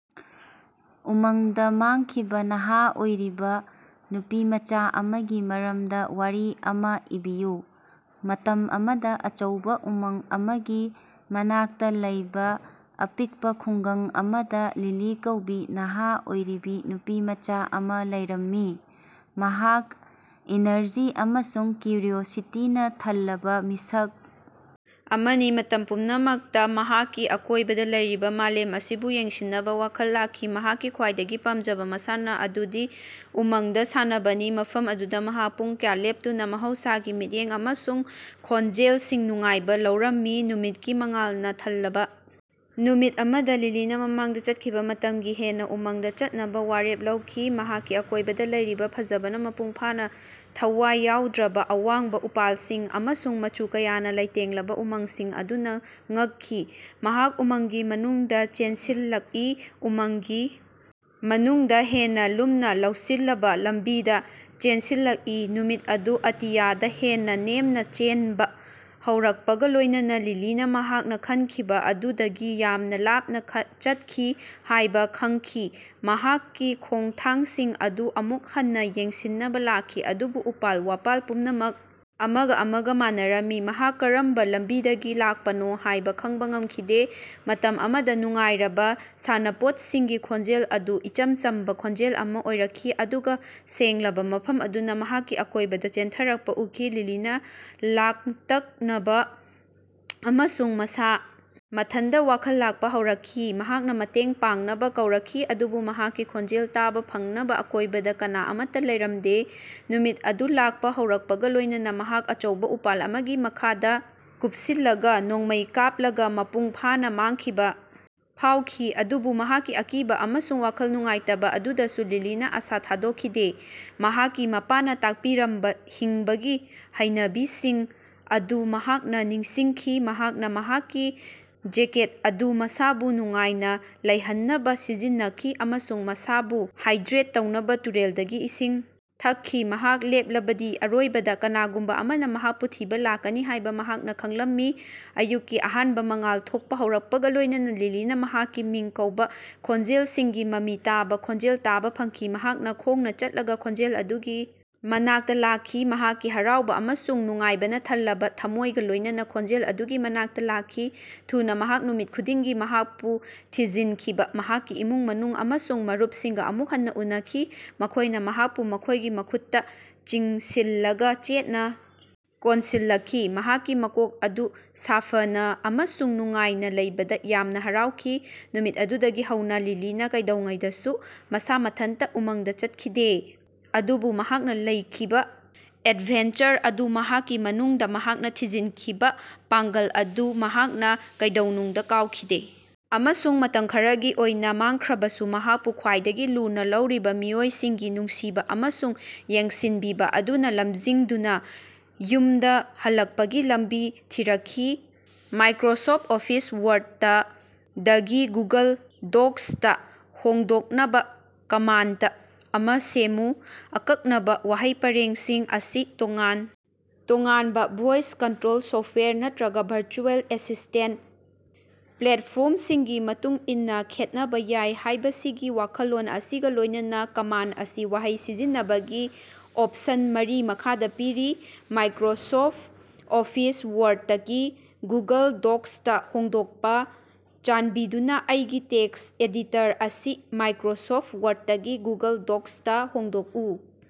ꯎꯃꯪꯗ ꯃꯥꯡꯈꯤꯕ ꯅꯍꯥ ꯑꯣꯏꯔꯤꯕ ꯅꯨꯄꯤꯃꯆꯥ ꯑꯃꯒꯤ ꯃꯔꯝꯗ ꯋꯥꯔꯤ ꯑꯃ ꯏꯕꯤꯌꯨ꯫ ꯃꯇꯝ ꯑꯃꯗ ꯑꯆꯧꯕ ꯎꯃꯪ ꯑꯃꯒꯤ ꯃꯅꯥꯛꯇ ꯂꯩꯕ ꯑꯄꯤꯛꯄ ꯈꯨꯡꯒꯪ ꯑꯃꯗ ꯂꯤꯂꯤ ꯀꯧꯕꯤ ꯅꯍꯥ ꯑꯣꯏꯔꯤꯕꯤ ꯅꯨꯄꯤꯃꯆꯥ ꯑꯃ ꯂꯩꯔꯝꯃꯤ꯫ ꯃꯍꯥꯛ ꯏꯅꯔꯖꯤ ꯑꯃꯁꯨꯡ ꯀ꯭ꯌꯨꯔꯤꯑꯣꯁꯤꯇꯤꯅ ꯊꯜꯂꯕ ꯃꯤꯁꯛ ꯑꯃꯅꯤ꯫ ꯃꯇꯝ ꯄꯨꯝꯅꯃꯛꯇ ꯃꯍꯥꯛꯀꯤ ꯑꯀꯣꯏꯕꯗ ꯂꯩꯔꯤꯕ ꯃꯥꯂꯦꯝ ꯑꯁꯤꯕꯨ ꯌꯦꯡꯁꯤꯟꯅꯕ ꯋꯥꯈꯜ ꯂꯥꯛꯈꯤ꯫ ꯃꯍꯥꯛꯀꯤ ꯈ꯭ꯋꯥꯏꯗꯒꯤ ꯄꯥꯝꯖꯕ ꯃꯁꯥꯟꯅ ꯑꯗꯨꯗꯤ ꯎꯃꯪꯗ ꯁꯥꯟꯅꯕꯅꯤ꯫ ꯃꯐꯝ ꯑꯗꯨꯗ ꯃꯍꯥꯛ ꯄꯨꯡ ꯀꯌꯥ ꯂꯦꯞꯇꯨꯅ ꯃꯍꯧꯁꯥꯒꯤ ꯃꯤꯠꯌꯦꯡ ꯑꯃꯁꯨꯡ ꯈꯣꯟꯖꯦꯜꯁꯤꯡ ꯅꯨꯡꯉꯥꯏꯕ ꯂꯧꯔꯝꯃꯤ꯫ ꯅꯨꯃꯤꯠꯀꯤ ꯃꯉꯥꯜꯅ ꯊꯜꯂꯕ ꯅꯨꯃꯤꯠ ꯑꯃꯗ ꯂꯤꯂꯤꯅ ꯃꯃꯥꯡꯗ ꯆꯠꯈꯤꯕ ꯃꯇꯝꯗꯒꯤ ꯍꯦꯟꯅ ꯎꯃꯪꯗ ꯆꯠꯅꯕ ꯋꯥꯔꯦꯞ ꯂꯧꯈꯤ꯫ ꯃꯍꯥꯛꯀꯤ ꯑꯀꯣꯏꯕꯗ ꯂꯩꯔꯤꯕ ꯐꯖꯕꯅ ꯃꯄꯨꯡ ꯐꯥꯅ ꯊꯋꯥꯏ ꯌꯥꯎꯗ꯭ꯔꯕ ꯑꯋꯥꯡꯕ ꯎꯄꯥꯜꯁꯤꯡ ꯑꯃꯁꯨꯡ ꯃꯆꯨ ꯀꯌꯥꯅ ꯂꯩꯇꯦꯡꯂꯕ ꯎꯃꯪꯁꯤꯡ ꯑꯗꯨꯅ ꯉꯛꯈꯤ꯫ ꯃꯍꯥꯛ ꯎꯃꯪꯒꯤ ꯃꯅꯨꯡꯗ ꯆꯦꯟꯁꯤꯜꯂꯛꯏ꯫ ꯎꯃꯪꯒꯤ ꯃꯅꯨꯡꯗ ꯍꯦꯟꯅ ꯂꯨꯝꯅ ꯂꯧꯁꯤꯜꯂꯕ ꯂꯝꯕꯤꯗ ꯆꯦꯟꯁꯤꯜꯂꯛꯏ꯫ ꯅꯨꯃꯤꯠ ꯑꯗꯨ ꯑꯇꯤꯌꯥꯗ ꯍꯦꯟꯅ ꯅꯦꯝꯅ ꯆꯦꯟꯕ ꯍꯧꯔꯛꯄꯒ ꯂꯣꯏꯅꯅ ꯂꯤꯂꯤꯅ ꯃꯍꯥꯛꯅ ꯈꯟꯈꯤꯕ ꯑꯗꯨꯗꯒꯤ ꯌꯥꯝꯅ ꯂꯥꯞꯅ ꯆꯠꯈꯤ ꯍꯥꯏꯕ ꯈꯪꯈꯤ꯫ ꯃꯍꯥꯛꯀꯤ ꯈꯣꯡꯊꯥꯡꯁꯤꯡ ꯑꯗꯨ ꯑꯃꯨꯛ ꯍꯟꯅ ꯌꯦꯡꯁꯤꯟꯅꯕ ꯂꯥꯛꯈꯤ ꯑꯗꯨꯕꯨ ꯎꯄꯥꯜ-ꯋꯥꯄꯥꯜ ꯄꯨꯝꯅꯃꯛ ꯑꯃꯒ ꯑꯃꯒ ꯃꯥꯟꯅꯔꯝꯃꯤ꯫ ꯃꯍꯥꯛ ꯀꯔꯝꯕ ꯂꯝꯕꯤꯗꯒꯤ ꯂꯥꯛꯄꯅꯣ ꯍꯥꯏꯕ ꯈꯪꯕ ꯉꯝꯈꯤꯗꯦ꯫ ꯃꯇꯝ ꯑꯃꯗ ꯅꯨꯡꯉꯥꯏꯔꯕ ꯁꯥꯟꯅꯄꯣꯠꯁꯤꯡꯒꯤ ꯈꯣꯟꯖꯦꯜ ꯑꯗꯨ ꯏꯆꯝ ꯆꯝꯕ ꯈꯣꯟꯖꯦꯜ ꯑꯃ ꯑꯣꯏꯔꯛꯈꯤ ꯑꯗꯨꯒ ꯁꯦꯡꯂꯕ ꯃꯐꯝ ꯑꯗꯨꯅ ꯃꯍꯥꯛꯀꯤ ꯑꯀꯣꯏꯕꯗ ꯆꯦꯟꯊꯔꯛꯄ ꯎꯈꯤ꯫ ꯂꯤꯂꯤꯅ ꯂꯥꯡꯇꯛꯅꯕ ꯑꯃꯁꯨꯡ ꯃꯁꯥ ꯃꯊꯟꯇ ꯋꯥꯈꯜ ꯂꯥꯛꯄ ꯍꯧꯔꯛꯈꯤ꯫ ꯃꯍꯥꯛꯅ ꯃꯇꯦꯡ ꯄꯥꯡꯅꯕ ꯀꯧꯔꯛꯈꯤ ꯑꯗꯨꯕꯨ ꯃꯍꯥꯛꯀꯤ ꯈꯣꯟꯖꯦꯜ ꯇꯥꯕ ꯐꯪꯅꯕ ꯑꯀꯣꯏꯕꯗ ꯀꯅꯥ ꯑꯃꯠꯇ ꯂꯩꯔꯝꯗꯦ꯫ ꯅꯨꯃꯤꯠ ꯑꯗꯨ ꯂꯥꯛꯄ ꯍꯧꯔꯛꯄꯒ ꯂꯣꯏꯅꯅ ꯃꯍꯥꯛ ꯑꯆꯧꯕ ꯎꯄꯥꯜ ꯑꯃꯒꯤ ꯃꯈꯥꯗ ꯀꯨꯞꯁꯤꯜꯂꯒ ꯅꯣꯡꯃꯩ ꯀꯥꯞꯂꯒ ꯃꯄꯨꯡ ꯐꯥꯅ ꯃꯥꯡꯈꯤꯕ ꯐꯥꯎꯈꯤ꯫ ꯑꯗꯨꯕꯨ ꯃꯍꯥꯛꯀꯤ ꯑꯀꯤꯕ ꯑꯃꯁꯨꯡ ꯋꯥꯈꯜ ꯅꯨꯡꯉꯥꯏꯇꯕ ꯑꯗꯨꯗꯁꯨ ꯂꯤꯂꯤꯅ ꯑꯁꯥ ꯊꯥꯗꯣꯛꯈꯤꯗꯦ꯫ ꯃꯍꯥꯛꯀꯤ ꯃꯄꯥꯅ ꯇꯥꯛꯄꯤꯔꯝꯕ ꯍꯤꯡꯕꯒꯤ ꯍꯩꯅꯕꯤꯁꯤꯡ ꯑꯗꯨ ꯃꯍꯥꯛꯅ ꯅꯤꯡꯁꯤꯡꯈꯤ꯫ ꯃꯍꯥꯛꯅ ꯃꯍꯥꯛꯀꯤ ꯖꯦꯀꯦꯠ ꯑꯗꯨ ꯃꯁꯥꯕꯨ ꯅꯨꯡꯉꯥꯏꯅ ꯂꯩꯍꯟꯅꯕ ꯁꯤꯖꯤꯟꯅꯈꯤ ꯑꯃꯁꯨꯡ ꯃꯁꯥꯕꯨ ꯍꯥꯏꯗ꯭ꯔꯦꯠ ꯇꯧꯅꯕ ꯇꯨꯔꯦꯜꯗꯒꯤ ꯏꯁꯤꯡ ꯊꯛꯈꯤ꯫ ꯃꯍꯥꯛ ꯂꯦꯞꯂꯕꯗꯤ ꯑꯔꯣꯏꯕꯗ ꯀꯅꯥꯒꯨꯝꯕ ꯑꯃꯅ ꯃꯍꯥꯛꯄꯨ ꯊꯤꯕ ꯂꯥꯛꯀꯅꯤ ꯍꯥꯏꯕ ꯃꯍꯥꯛꯅ ꯈꯪꯂꯝꯃꯤ꯫ ꯑꯌꯨꯛꯀꯤ ꯑꯍꯥꯟꯕ ꯃꯉꯥꯜ ꯊꯣꯛꯄ ꯍꯧꯔꯛꯄꯒ ꯂꯣꯏꯅꯅ ꯂꯤꯂꯤꯅ ꯃꯍꯥꯛꯀꯤ ꯃꯤꯡ ꯀꯧꯕ ꯈꯣꯟꯖꯦꯜꯁꯤꯡꯒꯤ ꯃꯃꯤ ꯇꯥꯕ, ꯈꯣꯟꯖꯦꯜ ꯇꯥꯕ ꯐꯪꯈꯤ꯫ ꯃꯍꯥꯛ ꯈꯣꯡꯅ ꯆꯠꯂꯒ ꯈꯣꯟꯖꯦꯜ ꯑꯗꯨꯒꯤ ꯃꯅꯥꯛꯇ ꯂꯥꯛꯈꯤ꯫ ꯃꯍꯥꯛꯀꯤ ꯍꯔꯥꯎꯕ ꯑꯃꯁꯨꯡ ꯅꯨꯡꯉꯥꯏꯕꯅ ꯊꯜꯂꯕ ꯊꯃꯣꯏꯒ ꯂꯣꯏꯅꯅ ꯈꯣꯟꯖꯦꯜ ꯑꯗꯨꯒꯤ ꯃꯅꯥꯛꯇ ꯂꯥꯛꯈꯤ꯫ ꯊꯨꯅ ꯃꯍꯥꯛ ꯅꯨꯃꯤꯠ ꯈꯨꯗꯤꯡꯒꯤ ꯃꯍꯥꯛꯄꯨ ꯊꯤꯖꯤꯟꯈꯤꯕ ꯃꯍꯥꯛꯀꯤ ꯏꯃꯨꯡ ꯃꯅꯨꯡ ꯑꯃꯁꯨꯡ ꯃꯔꯨꯞꯁꯤꯡꯒ ꯑꯃꯨꯛ ꯍꯟꯅ ꯎꯅꯈꯤ꯫ ꯃꯈꯣꯏꯅ ꯃꯍꯥꯛꯄꯨ ꯃꯈꯣꯏꯒꯤ ꯃꯈꯨꯠꯇ ꯆꯤꯡꯁꯤꯜꯂꯒ ꯆꯦꯠꯅ ꯀꯣꯟꯁꯤꯜꯂꯛꯈꯤ꯫ ꯃꯍꯥꯛꯀꯤ ꯃꯀꯣꯛ ꯑꯗꯨ ꯁꯥꯐꯅ ꯑꯃꯁꯨꯡ ꯅꯨꯡꯉꯥꯏꯅ ꯂꯩꯕꯗ ꯌꯥꯝꯅ ꯍꯔꯥꯎꯈꯤ꯫ ꯅꯨꯃꯤꯠ ꯑꯗꯨꯗꯒꯤ ꯍꯧꯅ ꯂꯤꯂꯤꯅ ꯀꯩꯗꯧꯉꯩꯗꯁꯨ ꯃꯁꯥ ꯃꯊꯟꯇ ꯎꯃꯪꯗ ꯆꯠꯈꯤꯗꯦ꯫ ꯑꯗꯨꯕꯨ ꯃꯍꯥꯛꯅ ꯂꯩꯈꯤꯕ ꯑꯦꯗꯚꯦꯟꯆꯔ ꯑꯗꯨ ꯃꯍꯥꯛꯀꯤ ꯃꯅꯨꯡꯗ ꯃꯍꯥꯛꯅ ꯊꯤꯖꯤꯟꯈꯤꯕ ꯄꯥꯡꯒꯜ ꯑꯗꯨ ꯃꯍꯥꯛꯅ ꯀꯩꯗꯧꯅꯨꯡꯗ ꯀꯥꯎꯈꯤꯗꯦ꯫ ꯑꯃꯁꯨꯡ ꯃꯇꯝ ꯈꯔꯒꯤ ꯑꯣꯏꯅ ꯃꯥꯡꯈ꯭ꯔꯕꯁꯨ ꯃꯍꯥꯛꯄꯨ ꯈ꯭ꯋꯥꯏꯗꯒꯤ ꯂꯨꯅ ꯂꯧꯔꯤꯕ ꯃꯤꯑꯣꯏꯁꯤꯡꯒꯤ ꯅꯨꯡꯁꯤꯕ ꯑꯃꯁꯨꯡ ꯌꯦꯡꯁꯤꯟꯕꯤꯕ ꯑꯗꯨꯅ ꯂꯝꯖꯤꯡꯗꯨꯅ ꯌꯨꯃꯗ ꯍꯜꯂꯛꯄꯒꯤ ꯂꯝꯕꯤ ꯊꯤꯔꯛꯈꯤ꯫ "ꯃꯥꯏꯀ꯭ꯔꯣꯁꯣꯐꯠ ꯑꯣꯐꯤꯁ ꯋꯥꯔꯗ"ꯗꯒꯤ "ꯒꯨꯒꯜ ꯗꯣꯛꯁ"ꯇ ꯍꯣꯡꯗꯣꯛꯅꯕ ꯀꯃꯥꯟꯗ ꯑꯃ ꯁꯦꯝꯃꯨ꯫ ꯑꯀꯛꯅꯕ ꯋꯥꯍꯩ ꯄꯔꯦꯡꯁꯤꯡ ꯑꯁꯤ ꯇꯣꯉꯥꯟ ꯇꯣꯉꯥꯟꯕ ꯚꯣꯏꯁ ꯀꯟꯇ꯭ꯔꯣꯜ ꯁꯣꯐꯠꯋꯦꯌꯔ ꯅꯠꯇ꯭ꯔꯒ ꯚꯔꯆꯨꯑꯦꯜ ꯑꯦꯁꯤꯁꯇꯦꯟꯇ ꯄ꯭ꯂꯦꯠꯐꯣꯔꯝꯁꯤꯡꯒꯤ ꯃꯇꯨꯡ ꯏꯟꯅ ꯈꯦꯠꯅꯕ ꯌꯥꯏ ꯍꯥꯏꯕꯁꯤꯒꯤ ꯋꯥꯈꯜꯂꯣꯟ ꯑꯁꯤꯒ ꯂꯣꯏꯅꯅ ꯀꯃꯥꯟꯗ ꯑꯁꯤ ꯋꯥꯍꯩ ꯁꯤꯖꯤꯟꯅꯕꯒꯤ ꯑꯣꯞꯁꯟ ꯃꯔꯤ ꯃꯈꯥꯗ ꯄꯤꯔꯤ: "ꯃꯥꯏꯀ꯭ꯔꯣꯁꯣꯐꯠ ꯑꯣꯐꯤꯁ ꯋꯥꯔꯗꯇꯒꯤ ꯒꯨꯒꯜ ꯗꯣꯛꯁꯇ ꯍꯣꯡꯗꯣꯛꯄ", "ꯆꯥꯟꯕꯤꯗꯨꯅ ꯑꯩꯒꯤ ꯇꯦꯛꯁ ꯑꯦꯗꯤꯇꯔ ꯑꯁꯤ ꯃꯥꯏꯀ꯭ꯔꯣꯁꯣꯐꯠ ꯋꯥꯔꯗꯇꯒꯤ ꯒꯨꯒꯜ ꯗꯣꯛꯁꯇ ꯍꯣꯡꯗꯣꯛꯎ"꯫